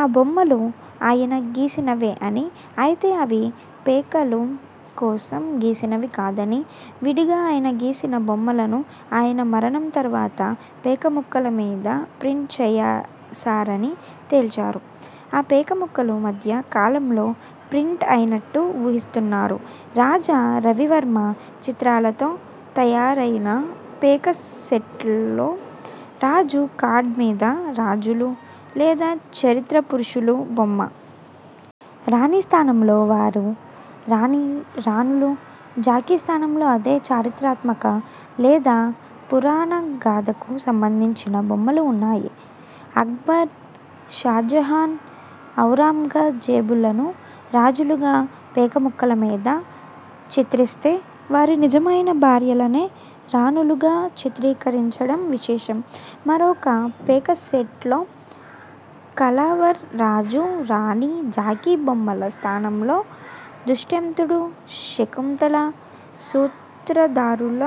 ఆ బొమ్మలు ఆయన గీసినవే అని, అయితే అవి పేకల కోసం గీసినవి కాదని, విడిగా ఆయన గీసిన బొమ్మలను ఆయన మరణం తరువాత పేకముక్కలమీద ప్రింట్ చేశారని తేల్చారు. ఆ పేకముక్కలు మధ్య కాలంలో ప్రింట్ అయినట్టు ఊహిస్తున్నారు. రాజా రవివర్మ చిత్రాలతో తయారైన పేక సెట్స్లో రాజు కార్డు మీద రాజులు, లేదా చరిత్ర పురుషుల బొమ్మ. రాణిస్థానంలో వారి రాణులు, జాకీ స్థానంలో అదే చారిత్రాత్మక, లేదా పురాణగాథకు సంబంధించిన బొమ్మలు వున్నాయి. అక్బర్, షాజహాన్, ఔరంగజేబులను రాజులుగా పేకముక్కలమీద చిత్రిస్తే వారి నిజమైన భార్యలనే రాణులుగా చిత్రీకరించడం విశేషం. మరొక పేక సెట్ లో కళావర్ రాజు, రాణి, జాకీ బొమ్మల స్థానంలో దుష్యంతుడు, శకుంతల సూత్రధారుల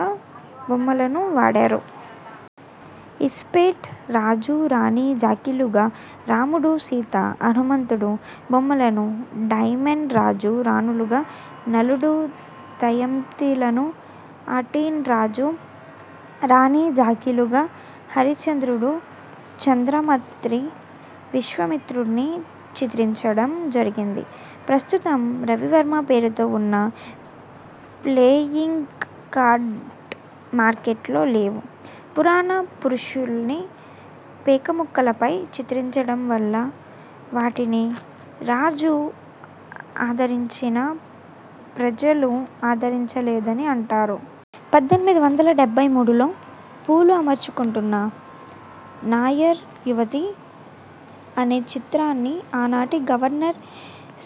బొమ్మలను వాడారు. ఇస్పేట్ రాజు, రాణి, జాకీలుగా రాముడు, సీత, హనుమంతుడు బొమ్మలను, డైమన్ రాజు, రాణులుగా నలుడు, దమయంతిలను, అఠీన్ రాజు, రాణి జాకీలుగా హరిశ్చంద్రుడు, చంద్రమతి, విశ్వామిత్రుడ్ని చిత్రించడం జరిగింది. ప్రస్తుతం రవివర్మ పేరుతో వున్న ప్లేయింగ్ కార్డు మార్కెట్లో లేవు. పురాణ పురుషుల్ని పేకముక్కలపై చిత్రించడం వల్ల వాటిని రాజులు ఆదరించినా, ప్రజలు ఆదరించలేదని అంటారు. పద్దెనిమిది వందల డెబ్భై మూడు లో పూలు అమర్చుకొంటున్న నాయర్ యువతి అనే చిత్రానికి ఆనాటి గవర్నర్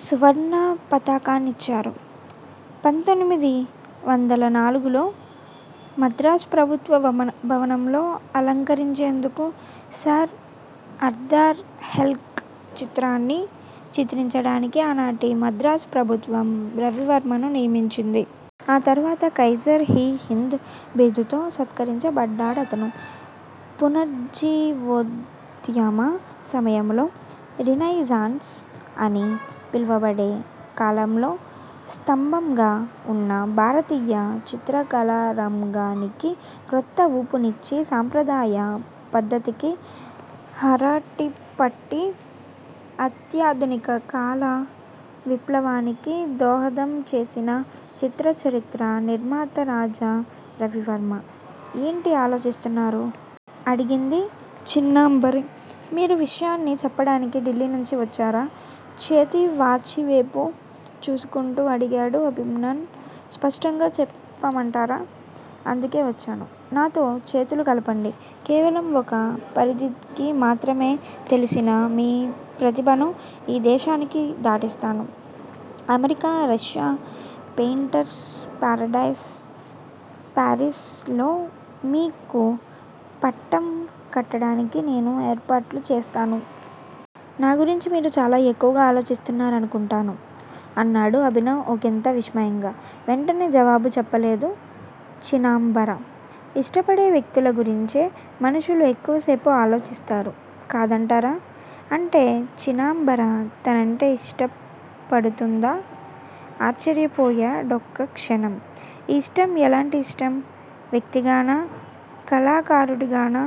సువర్ణ పతాకాన్నిచ్చారు. పంతోమిది వందల నాలుగు లో మద్రాసు ప్రభుత్వ భవనంలో అలంకరించేందుకు సర్ ఆర్థర్ హెలాక్ చిత్రాన్ని చిత్రించడానికి ఆనాటి మద్రాసు ప్రభుత్వం రవివర్మను నియమించింది. ఆ తర్వాత కైజర్- ఇ- హింద్ బిరుదుతో సత్కరించబడ్డాడతను. పునరుజ్జీవోద్యమ సమయంలో రినైజాన్స్ అని పిలవబడే కాలంలో స్తబంగా వున్న భారతీయ చిత్రకళారంగానికి కొత్త ఊపునిచ్చి సంప్రదాయ పద్ధతికి హారతిపట్టి, అత్యాధునిక కళా విప్లవానికి దోహదం చేసిన చిత్రచరిత్ర నిర్మాత రాజా రవివర్మ. ఏంటి ఆలోచిస్తున్నారు? అడిగింది చీనాంబర. మీరీ విషయాన్ని చెప్పడానికే ఢిల్లీ నుంచి వచ్చారా? చేతి వాచీవేపు చూసుకుంటూ అడిగాడు అభినవ్. స్పష్టంగా చెప్పమంటారా! అందుకే వచ్చాను. నాతో చేతులు కలపండి. కేవలం ఒక పరిధికి మాత్రమే తెల్సిన మీ ప్రతిభను ఈ దేశాన్ని దాటిస్తాను. America, Russia, painters paradise Paris లో మీకు పట్టం కట్టడానికి నేను ఏర్పాట్లు చేస్తాను. నాగురించి మీరు చాలా ఎక్కువ ఆలోచిస్తున్నారనుకుంటాను అన్నాడు అభినవ్ ఒకింత విస్మయంగా. వెంటనే జవాబు చెప్పలేదు చీనాంబర. ఇష్టపడే వ్యక్తుల గురించే మనుషులు ఎక్కువసేపు ఆలోచిస్తారు కాదంటారా? అంటే చీనాంబర తనంటే ఇష్టపడుతోందా? ఆశ్చర్యపోయాడొక్క క్షణం ఆ యిష్టం ఎలాంటి ఇష్టం? వ్యక్తిగానా? కళాకారుడిగానా?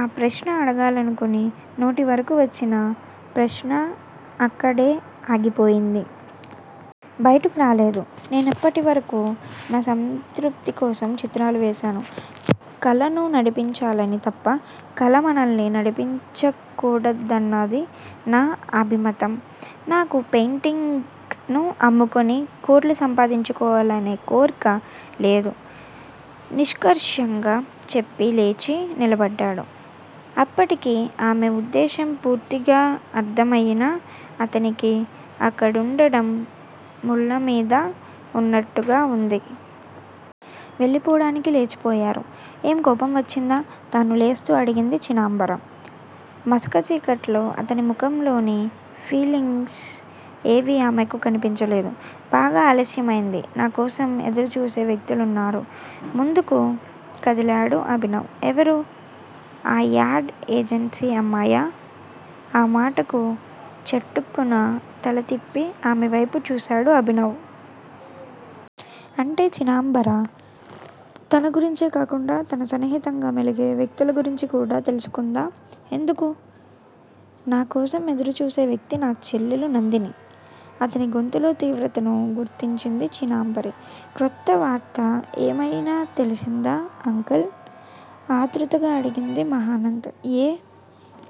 ఆ ప్రశ్న అడగాలనుకుని నోటివరకూ వచ్చిన ప్రశ్న అక్కడే ఆగిపోయింది. బయటకు రాలేదు. నేనిప్పటివరకూ నా సంతృప్తి కోసం చిత్రాలు వేశాను. కళను నడిపించాలి తప్ప కల మనల్ని నడిపించకూడదన్నది నా అభిమతం. నాకు పెయింటింగ్స్ ను అమ్ముకుని కోట్లు సంపాదించుకోవాలనే కోర్కె లేదు నిష్కర్షగా చెప్పి లేచి నిలబడ్డాడు. అప్పటికే ఆమె ఉద్దేశ్యం పూర్తిగా అర్థమయిన అతనికి అక్కడుండడం ముళ్ళమీద వున్నట్టుగా వుంది. వెళ్ళిపోడానికి లేచిపోయారు. ఏం కోపం వచ్చిందా? తనూ లేస్తూ అడిగింది చీనాంబర. మసక చీకట్లో అతని ముఖంలోని ఫీలింగ్స్ ఏవీ ఆమెకు కనిపించలేదు. బాగా ఆలస్యమైంది. నా కోసం ఎదురుచూసే వ్యక్తులున్నారు ముందుకు కదిలాడు అభినవ్. ఎవరు? ఆ యాడ్ ఏజెన్సీ అమ్మాయా? ఆ మాటకు చటుక్కున తలతిప్పి ఆమె వేపు చూశాడు అభినవ్. అంటే చీనాంబర తన గురించే కాకుండా తనకు సన్నిహితంగా మెలిగే వ్యక్తుల గురించి కూడా తెలుసుకుందా? ఎందుకు? నా కోసం ఎదురుచూసే వ్యక్తి నా చెల్లెలు నందిని అతని గొంతులోని తీవ్రతను గుర్తించింది చీనాంబర. కొత్త వార్త ఏమయినా తెలిసిందా అంకుల్? ఆతృతగా అడిగింది మహానంద. ఏ